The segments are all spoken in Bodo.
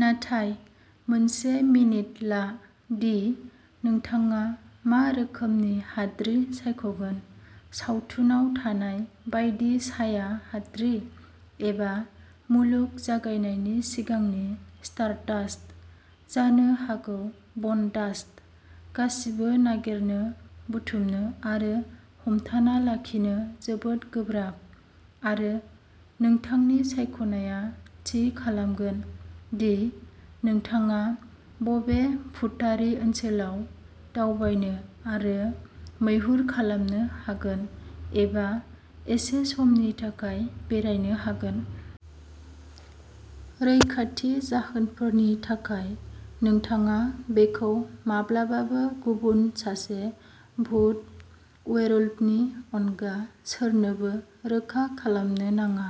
नाथाय मोनसे मिनिट ला दि नोंथाङा मा रोखोमनि हाद्रि सायखगोन? सावथुनाव थानाय बायदि साया हाद्रि? एबा मुलुग जागायनायनि सिगांनि स्टारडास्ट? जानो हागौ बनडास्ट? गासिबो नागिरनो, बुथुमनो आरो हमथाना लाखिनो जोबोद गोब्राब। आरो नोंथांनि सायख'नाया थि खालामगोन दि नोंथाङा बबे भुतारि ओनसोलाव दावबायनो आरो मैहुर खालामनो हागोन-एबा एसे समनि थाखाय बेरायनो हागोन। रैखाथि जाहोनफोरनि थाखाय, नोंथाङा बेखौ माब्लाबाबो गुबुन सासे भुत वेयरवुल्फनि अनगा सोरनोबो रोखा खालामनो नाङा,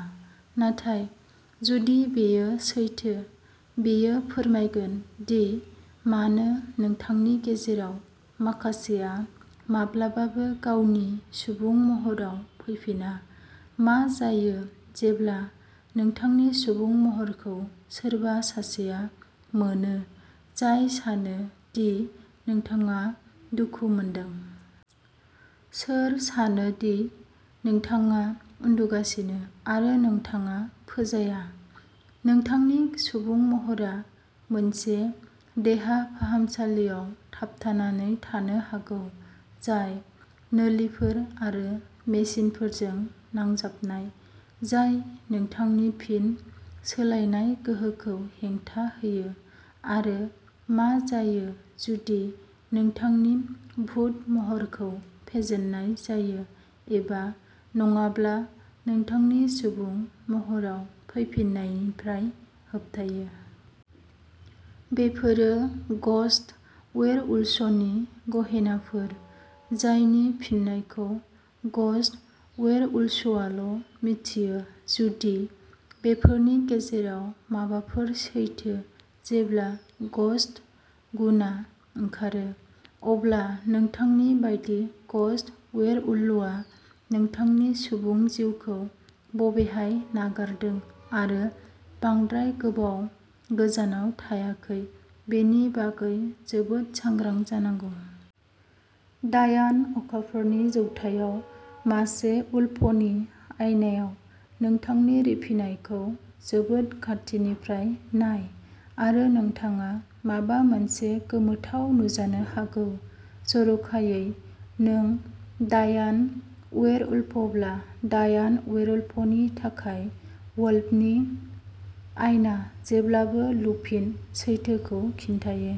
नाथाय जुदि बेयो सैथो, बेयो फोरमायगोन दि मानो नोंथांनि गेजेराव माखासेआ माब्लाबाबो गावनि सुबुं महराव फैफिना। मा जायो जेब्ला नोंथांनि सुबुं महरखौ सोरबा सासेआ मोनो जाय सानो दि नोंथाङा दुखु मोनदों? सोर सानो दि नोंथाङा उन्दुगासिनो आरो नोंथाङा फोजाया? नोंथांनि सुबुं महरआ मोनसे देहा फाहामसालियाव थाबथानानै थानो हागौ, जाय नोलिफोर आरो मेसिनफोरजों नांजाबनाय, जाय नोंथांनि फिन सोलायनाय गोहोखौ हेंथा होयो। आरो मा जायो जुदि नोंथांनि भुत महरखौ फेजेननाय जायो एबा नङाब्ला नोंथांनि सुबुं महराव फैफिन्नायनिफ्राय होबथायो? बेफोरो ग'स्ट वेयरवुल्व्सनि गहेनाफोर, जायनि फिननायखौ ग'स्ट वेयरवुल्व्सआल'मिथियो। जुदि बेफोरनि गेजेराव माबाफोर सैथो, जेब्ला ग'स्ट मुनआ ओंखारो, अब्ला नोंथांनि बायदि ग'स्ट वेयरवुल्वआ नोंथांनि सुबुं जिउखौ बबेहाय नागारदों आरो बांद्राय गोबाव गोजानाव थायाखै बेनि बागै जोबोद सांग्रां जानांगौ। डायान अखाफोरनि जौथायाव मासे वुल्फनि आयनायाव नोंथांनि रिफिनायखौ जोबोद खाथिनिफ्राय नाय आरो नोंथाङा माबा मोनसे गोमोथाव नुजानो हागौ। जर'खायै नों डायान वेयरवुल्फब्ला। डायान वेयरवुल्फनि थाखाय, वुल्फनि आइना जेब्लाबो लुपिन सैथोखौ खिन्थायो।